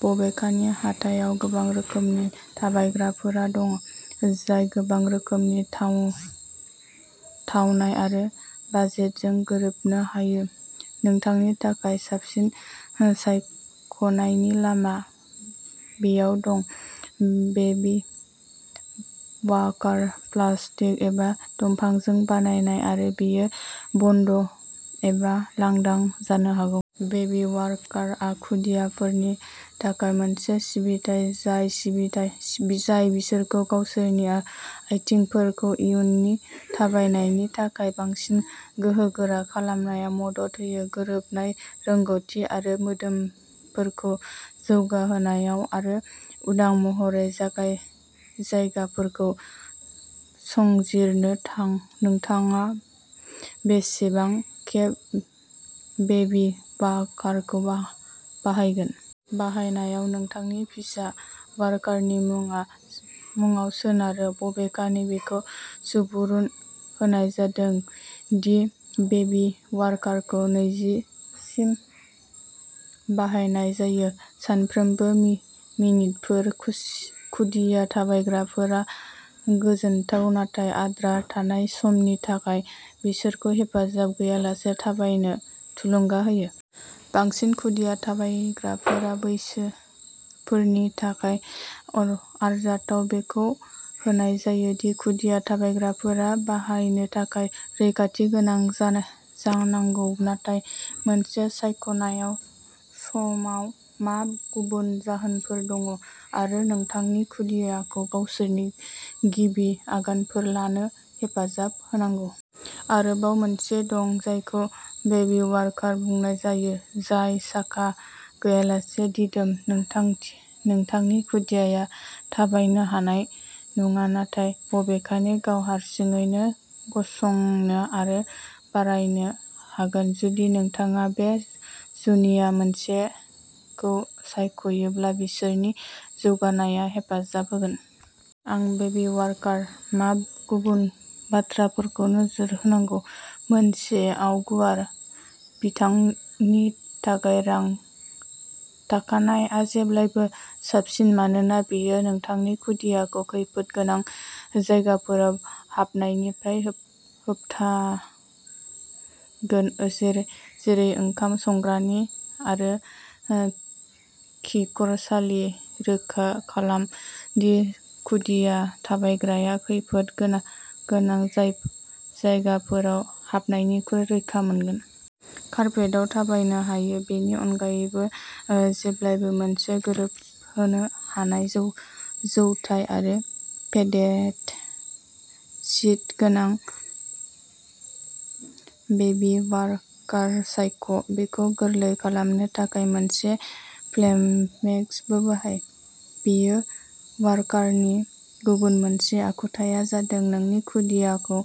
बबेखानि हाथाइआव गोबां रोखोमनि थाबायग्राफोरा दं। जाय गोबां रोखोमनि थाव थावनाय आरो बाजेटजों गोरोबनो हायो। नोंथांनि थाखाय साबसिन सायख'नायनि लामा बेयाव दं। बेबी वाकार प्लास्टिक एबा दंफांजों बानायनाय आरो बेयो बन्द एबा लांदां जानो हागौ। बेबी वारकारआ खुदियाफोरनि थाखाय मोनसे सिबिथाइ। जाय सिबिथाय जाय बिसोरखौ गावसोरनि आथिंफोरखौ इयुननि थाबायनायनि थाखाय बांसिन गोहोगोरा खालामनायाव मदद होयो। गोरोबनाय रोंग'थि आरो मोदोमफोरखौ जौगाहोनायाव आरो उदां महरै जागाय जायगाफोरखौ संजिरनो। थां नोंथाङा बेसेबां खेब बेबी वाकारखौ बा बाहायगोन? बाहायनायाव नोंथांनि फिसा वारकारनि मुङा मुङाव सोनारो। बबेखानि बेखौ सुबुरुन होनाय जादों दि बेबी वारकारखौ नैजि सिम बाहायनाय जायो। सानफ्रोमबो मिनिटफोर। खु खुदिया थाबायग्राफोरा गोजोनथाव नाथाय आद्रा थानाय समनि थाखाय बिसोरखौ हेफाजाब गैयालासे थाबायनो थुलुंगा होयो। बांसिन खुदिया थाबायग्राफोरा बैसोफोरनि थाखाय अर आरजाथाव। बेखौ होनाय जायो दि खुदिया थाबायग्राफोरा बाहायनो थाखाय रैखाथि गोनां जानो जानांगौ। नाथाय मोनसे सायख'नायाव समाव मा गुबुन जाहोनफोर दङ आरो नोंथांनि खुदियाखौ गावसोरनि गिबि आगानफोर लानो हेफाजाब होनांगौ? आरोबाव मोनसे दं जायखौ बेबी वारकार बुंनाय जायो जाय साखा गैयालासे दिदोम। नोंथां नोंथांनि खुदियाया थाबायनो हानाय नङा नाथाय बबेखानि गाव हारसिङैनो गसंनो आरो बारायनो हागोन। जुदि नोंथाङा बे जुनिया मोनसेखौ सायख'योब्ला बिसोरनि जौगानाया हेफाजाब होगोन। आं बेबी वारकाराव मा गुबुन बाथ्राफोरखौ नोजोर होनांगौ? मोनसेयाव गुवार बिथांनि थाखाय रां थाखानाया जेब्लाबो साबसिन। मानोना बेयो नोंथांनि खुदियाखौ खैफोद गोनां जायगाफोराव हाबनायनिफ्राय होब होबथायगोन। जेरै जेरै ओंखाम संग्रानि आरो खिखरसालि। रोखा खालाम दि खुदिया थाबायग्राया खैफोद गोनां गोनां जाय जायगाफोराव हाबनायनिफ्राय रैखा मोनगोन। कारपेटाव थाबायनो हायो। बेनि अनगायैबो ओ जेब्लाबो मोनसे गोरोबहोनो हानाय जौ जौथाय आरो पेडेड सिट गोनां बेबी वारकार सायख'। बेखौ गोरलै खालामनो थाखाय मोनसे फ्लेममेक्सबो बाहाय। बेयो वारकारनि गुबुन मोनसे आखुथाया जादों नोंनि खुदियाखौ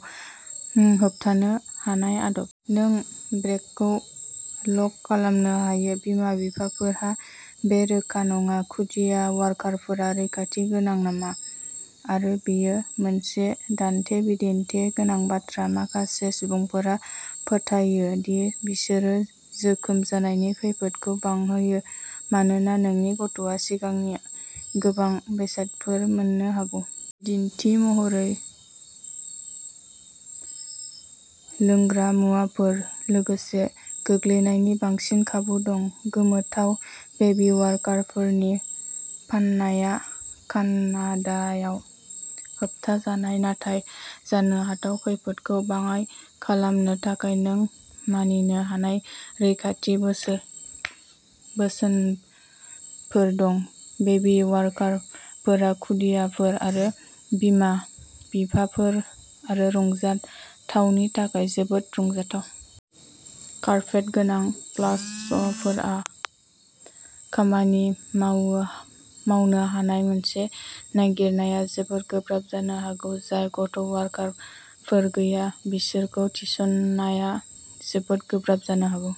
होबथानो हानाय आदब। नों ब्रेकखौ लक खालामनो हायो। बिमा-बिफाफोरहा बे रोखा नङा खुदिया वाकारफोरा रैखाथि गोनां नामा? आरो बेयो मोनसे दान्थे बिदान्थे गोनां बाथ्रा। माखासे सुबुंफोरा फोथायो दि बिसोरो जोखोम जानायनि खैफोदखौ बांहोयो मानोना नोंनि गथ'आ सिगांनि गोबां बेसादफोर मोननो हागौ। दिन्थि महरै लोंग्रा मुवाफोर। लोगोसे गोग्लैनायनि बांसिन खाबु दं। गोमोथाव बेबी वारकारफोरनि फाननाया कानाडायाव होबथाजानाय। नाथाय जानो हाथाव खैफोदखौ बाङाइ खालामनो थाखाय नों मानिनो हानाय रैखाथि बोसोन बोसोनफोर दं। बेबी वारकारफोरा खुदियाफोर आरो बिमा-बिफाफोर आरो रंजाथावनि थाखाय जोबोद रंजाथाव। कारपेट गोनां फ्लाज'फोरा खामानि माव मावनो हानाय मोनसे नागिरनाया जोबोद गोब्राब जानो हागौ। जाय गथ' वारकारफोर गैया। बिसोरखौ थिसननाया जोबोद गोब्राब जानो हागौ।